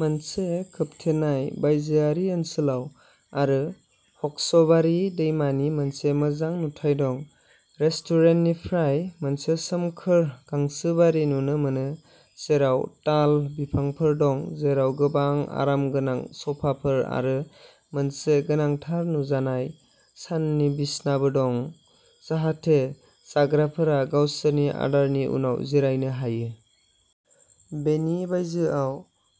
मोनसे खोबथेनाय बायजोआरि ओनसोलाव आरो हक्सबारि दैमानि मोनसे मोजां नुथाय दं। रेस्टुरेन्टनिफ्राय मोनसे सोमखोर गांसोबारि नुनो मोनो, जेराव ताल बिफांफोर दं, जेराव गोबां आरामगोनां स'फाफोर आरो मोनसे गोथार नुजानाय साननि बिसनाबो दं, जाहाथे जाग्राफोरा गावसोरनि आदारनि उनाव जिरायनो हायो। बेनि बायजोआव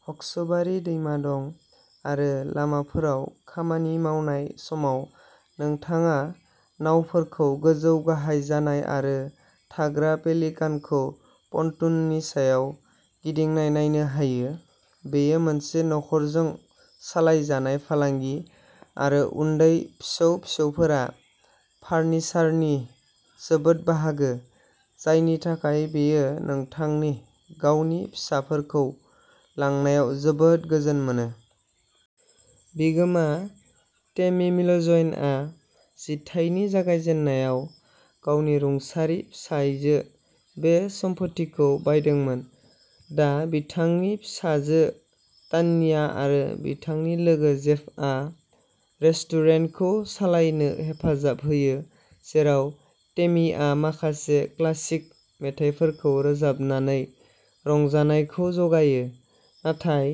हक्सबारि दैमा दं आरो लामाफोराव खामानि मावनाय समाव, नोंथाङा नावफोरखौ गोजौ गाहाय जानाय आरो थाग्रा पेलिकानखौ पनटूननि सायाव गिदिंनाय नायनो हायो। बेयो मोनसे नखरजों सालायजानाय फालांगि आरो उन्दै फिसौ फिसौफोरा फारनिसारनि जोबोद बाहागो, जायनि थाखाय बेयो नोंथांनि गावनि फिसाफोरखौ लांनायाव जोबोद गोजोन मोनो। बिगोमा टेमी मिलज'एनआ जिथाइनि जागायजेन्नायाव गावनि रुंसारि फिसाइजों बे सम्फथिखौ बायदोंमोन। दा बिथांनि फिसाजो तान्या आरो बिथांनि लोगो जेफआ रेस्टुरेन्टखौ सालायनो हेफाजाब होयो, जेराव टेमीआ माखासे क्लासिक मेथाइफोरखौ रोजाबनानै रंजानायखौ जगायो। नाथाय,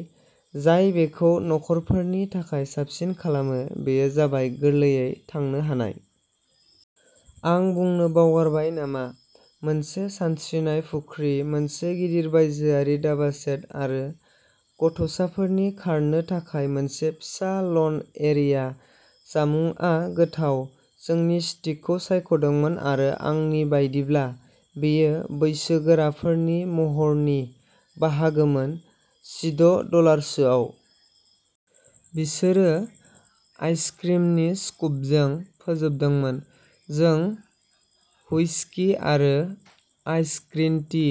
जाय बेखौ नखरफोरनि थाखाय साबसिन खालामो बेयो जाबाय गोरलैयै थांनो हानाय। आं बुंनो बावगारबाय नामा, मोनसे सानस्रिनाय फुख्रि, मोनसे गिदिर बायजोआरि दाबा सेट आरो गथ'साफोरनि खारनो थाखाय मोनसे फिसा लन एरिया। जामुंआ गोथाव। जोंनि स्टिकखौ सायख'दोंमोन आरो आंनि बायदिब्ला बेयो बैसोगोराफोरनि महरनि बाहागोमोन, जिद' डलारसोआव। बिसोरो आइस क्रिमनि स्कुपजों फोजोबदोंमोन। जों हुइस्कि आरो आइसड ग्रीन टी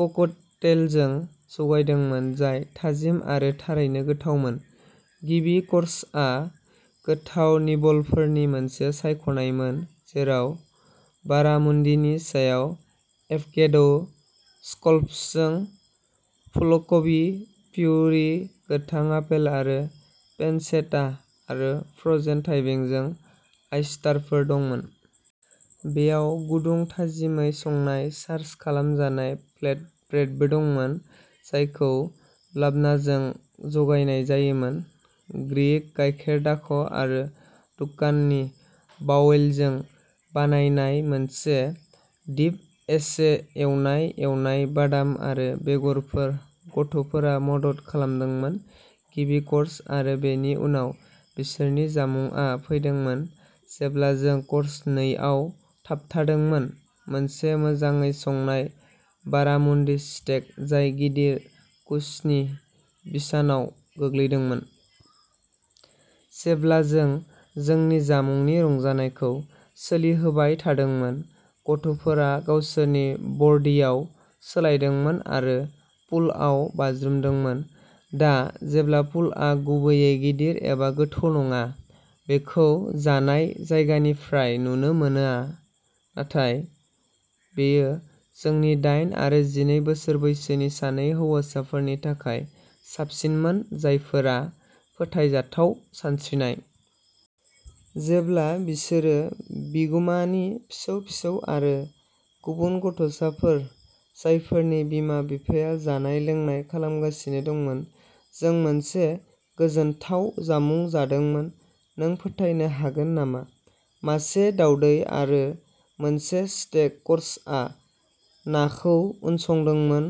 ककटेलजों जागायदोंमोन, जाय थाजिम आरो थारैनो गोथावमोन। गिबि कर्सआ गोथाव निबलफोरनि मोनसे सायख'नायमोन, जेराव बारामुन्डीनि सायाव एभ'केडो स्कैलप्सजों फुलकबि प्युरि, गोथां आपेल आरो पेनचेटा आरो फ्र'जेन थाइबेंजों आयस्टारफोर दंमोन। बेयाव गुदुं, थाजिमै संनाय, चार्ज खालामजानाय फ्लेटब्रेडबो दंमोन, जायखौ लाब्नाजों जगायनाय जायोमोन, ग्रीक गाइखेरदाख आरो दुक्कानि बाउलजों बानायनाय मोनसे डिप, एसे एवनाय एवनाय बादाम आरो बेगरफोर। गथ'फोरा मदद खालामदोंमोन। गिबि कर्स आरो बेनि उनाव बिसोरनि जामुंआ फैदोंमोन जेब्ला जों कर्स नैआव थाबथादोंमोन, मोनसे मोजाङै संनाय बारामुन्डी स्टेक, जाय गिदिर कुसनि बिसानाव गोग्लैदोंमोन। जेब्ला जों जोंनि जामुंनि रंजानायखौ सोलिहोबाय थादोंमोन, गथ'फोरा गावसोरनि बर्डियाव सोलायदोंमोन आरो पुलआव बाज्रुमदोंमोन। दा, जेब्ला पुलआ गुबैयै गिदिर एबा गोथौ नङा, बेखौ जानाय जायगानिफ्राय नुनो मोना। नाथाय बेयो जोंनि दाइन आरो जिनै बोसोर बैसोनि सानै हौवासाफोरनि थाखाय साबसिनमोन, जायफोरा फोथायजाथाव सानस्रिनाय। जेब्ला बिसोरो बिगुमानि फिसौ फिसौ आरो गुबुन गथ'साफोर जायफोरनि बिमा बिफाया जानाय लोंनाय खालामगासिनो दंमोन, जों मोनसे गोजोनथाव जामुं जादोंमोन। नों फोथायनो हागोन नामा मासे दावदै आरो मोनसे स्टेक कर्सआ नाखौ उनसंदोंमोन,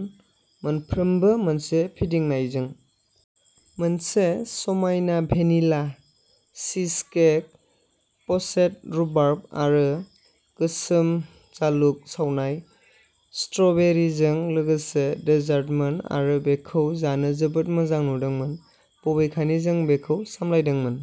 मोनफ्रोमबो मोनसे फिदिंनायजों। मोनसे समायना भेनिला चीजकेक, प'चेद रुबार्ब आरो गोसोम जालुग सावनाय स्ट्र'बेरिजों लोगोसे डेजार्टमोन आरो बेखौ जानो जोबोद मोजां नुदोंमोन, बबेखानि जों बेखौ सामलायदोंमोन।